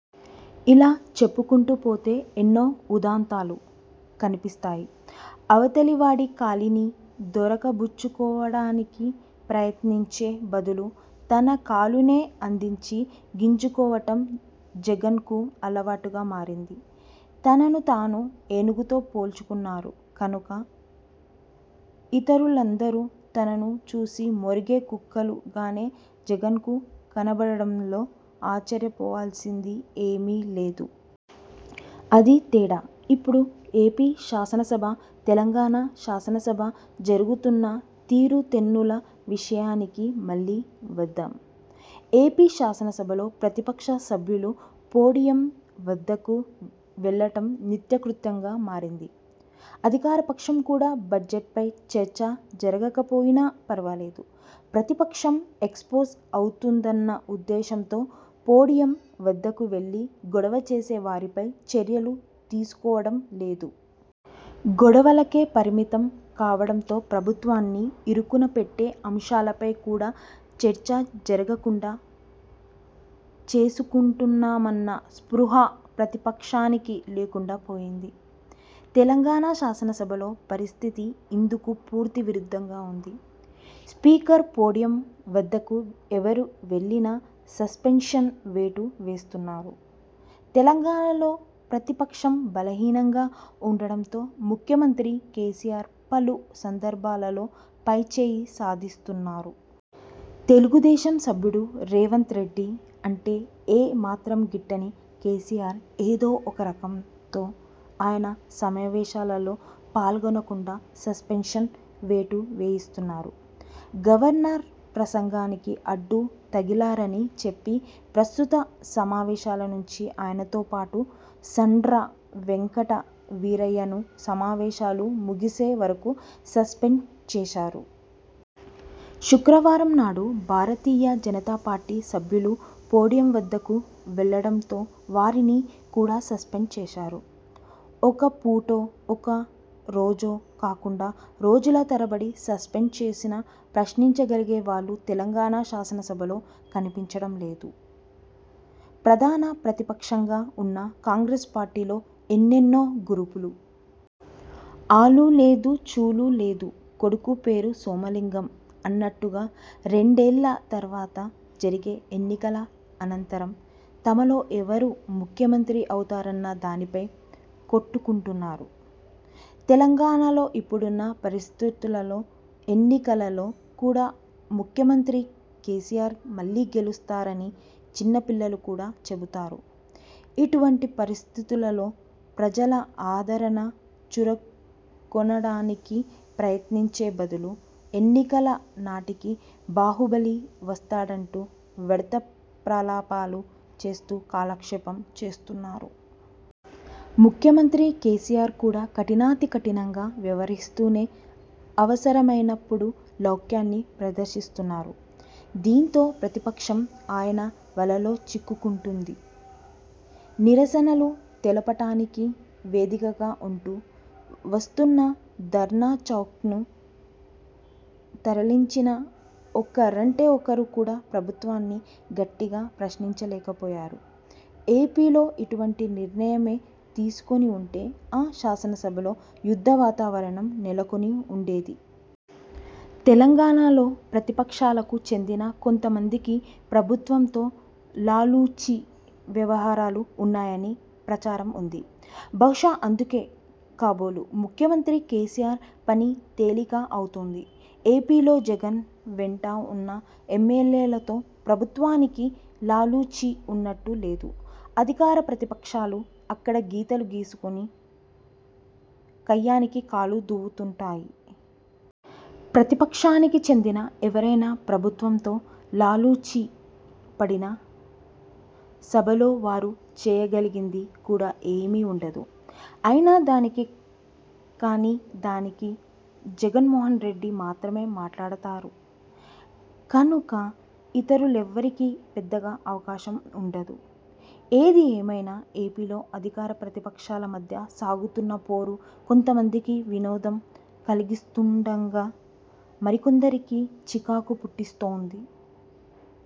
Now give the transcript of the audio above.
ఇలా చెప్పుకొంటూ పోతే ఎన్నో ఉదంతాలు కనిపిస్తాయి. అవతలివాడి కాలిని దొరకబుచ్చుకోవడానికి ప్రయత్నించే బదులు తన కాలునే అందించి గింజుకోవడం జగన్కు అలవాటుగా మారింది. తనను తాను ఏనుగుతో పోల్చుకున్నారు కనుక ఇతరులందరూ తనను చూసి మొరిగే కుక్కలుగానే జగన్కు కనబడటంలో ఆశ్చర్యపోవలసింది ఏమీ లేదు. అదీ తేడా! ఇప్పుడు ఏపీ శాసనసభ- తెలంగాణ శాసనసభ జరుగుతున్న తీరుతెన్నుల విషయానికి మళ్లీ వద్దాం. ఏపీ శాసనసభలో ప్రతిపక్ష సభ్యులు పోడియం వద్దకు వెళ్లడం నిత్యకృత్యంగా మారింది. అధికారపక్షం కూడా బడ్జెట్పై చర్చ జరగకపోయినా ఫర్వాలేదు. ప్రతిపక్షం ఎక్స్పోజ్ అవుతుందన్న ఉద్దేశంతో పోడియం వద్దకు వెళ్లి గొడవ చేసే వారిపై చర్యలు తీసుకోవడం లేదు. గొడవలకే పరిమితం కావడంతో ప్రభుత్వాన్ని ఇరుకునపెట్టే అంశాలపై కూడా చర్చ జరగకుండా చేసుకుంటున్నామన్న స్పృహ ప్రతిపక్షానికి లేకుండా పోయింది. తెలంగాణ శాసనసభలో పరిస్థితి ఇందుకు పూర్తి విరుద్ధంగా ఉంది. స్పీకర్ పోడియం వద్దకు ఎవరు వెళ్లినా సస్పెన్షన్ వేటు వేస్తున్నారు. తెలంగాణలో ప్రతిపక్షం బలహీనంగా ఉండటంతో ముఖ్యమంత్రి కేసీఆర్ పలు సందర్భాలలో పైచేయి సాధిస్తున్నారు. తెలుగుదేశం సభ్యుడు రేవంత్రెడ్డి అంటే ఏ మాత్రం గిట్టని కేసీఆర్, ఏదో ఒక కారణంతో ఆయన సమావేశాలలో పాల్గొనకుండా సస్పెన్షన్ వేటు వేయిస్తున్నారు. గవర్నర్ ప్రసంగానికి అడ్డు తగిలారని చెప్పి ప్రస్తుత సమావేశాల నుంచి ఆయనతోపాటు సండ్ర వెంకట వీరయ్యను సమావేశాలు ముగిసే వరకు సస్పెండ్ చేశారు. శుక్రవారంనాడు భారతీయ జనతా పార్టీ సభ్యులు పోడియం వద్దకు వెళ్లడంతో వారిని కూడా సస్పెండ్ చేశారు. ఒక పూటో, ఒక రోజో కాకుండా రోజుల తరబడి సస్పెండ్ చేసినా ప్రశ్నించగలిగేవాళ్లు తెలంగాణ శాసనసభలో కనిపించడం లేదు. ప్రధాన ప్రతిపక్షంగా ఉన్న కాంగ్రెస్ పార్టీలో ఎన్నెన్నో గ్రూపులు. 'ఆలూ లేదు చూలూ లేదు కొడుకు పేరు సోమలింగం' అన్నట్టుగా రెండేళ్ల తర్వాత జరిగే ఎన్నికల అనంతరం తమలో ఎవరు ముఖ్యమంత్రి అవుతారన్న దానిపై కొట్టుకుంటున్నారు. తెలంగాణలో ఇప్పుడున్న పరిస్థితులలో ఎన్నికలలో కూడా ముఖ్యమంత్రి కేసీఆర్ మళ్లీ గెలుస్తారని చిన్నపిల్లలు కూడా చెబుతారు. ఇటువంటి పరిస్థితులలో ప్రజల ఆదరణ చూరగొనడానికి ప్రయత్నించే బదులు ఎన్నికల నాటికి బాహుబలి వస్తాడంటూ వ్యర్థ ప్రలాపాలు చేస్తూ కాలక్షేపం చేస్తున్నారు. ముఖ్యమంత్రి కేసీఆర్ కూడా కఠినాతికఠినంగా వ్యవహరిస్తూనే అవసరమైనప్పుడు లౌక్యాన్ని ప్రదర్శిస్తున్నారు. దీంతో ప్రతిపక్షం ఆయన వలలో చిక్కుకుంటోంది. నిరసనలు తెలపడానికి వేదికగా ఉంటూ వస్తున్న ధర్నాచౌక్ను తరలించినా ఒక్కరంటే ఒక్కరు కూడా ప్రభుత్వాన్ని గట్టిగా ప్రశ్నించలేకపోయారు. ఏపీలో ఇటువంటి నిర్ణయమే తీసుకుని ఉంటే ఆ శాసనసభలో యుద్ధ వాతావరణం నెలకొని ఉండేది. తెలంగాణలో ప్రతిపక్షాలకు చెందిన కొంతమందికి ప్రభుత్వంతో లాలూచీ వ్యవహారాలు ఉన్నాయని ప్రచారం ఉంది. బహుశా అందుకే కాబోలు ముఖ్యమంత్రి కేసీఆర్ పని తేలిక అవుతోంది. ఏపీలో జగన్ వెంట ఉన్న ఎమ్మెల్యేలతో ప్రభుత్వానికి లాలూచీ ఉన్నట్టు లేదు. అధికార- ప్రతిపక్షాలు అక్కడ గీతలు గీసుకుని కయ్యానికి కాలు దువ్వుతుంటాయి. ప్రతిపక్షానికి చెందిన ఎవరైనా ప్రభుత్వంతో లాలూచీ పడినా సభలో వారు చేయగలిగింది కూడా ఏమీ ఉండదు. అయిన దానికీ, కాని దానికీ జగన్మోహన్రెడ్డి మాత్రమే మాట్లాడతారు కనుక ఇతరులెవ్వరికీ పెద్దగా అవకాశం ఉండదు. ఏదిఏమైనా ఏపీలో అధికార- ప్రతిపక్షాల మధ్య సాగుతున్న పోరు కొంతమందికి వినోదం కలిగిస్తుండగా, మరికొంతమందికి చికాకు పుట్టిస్తోంది.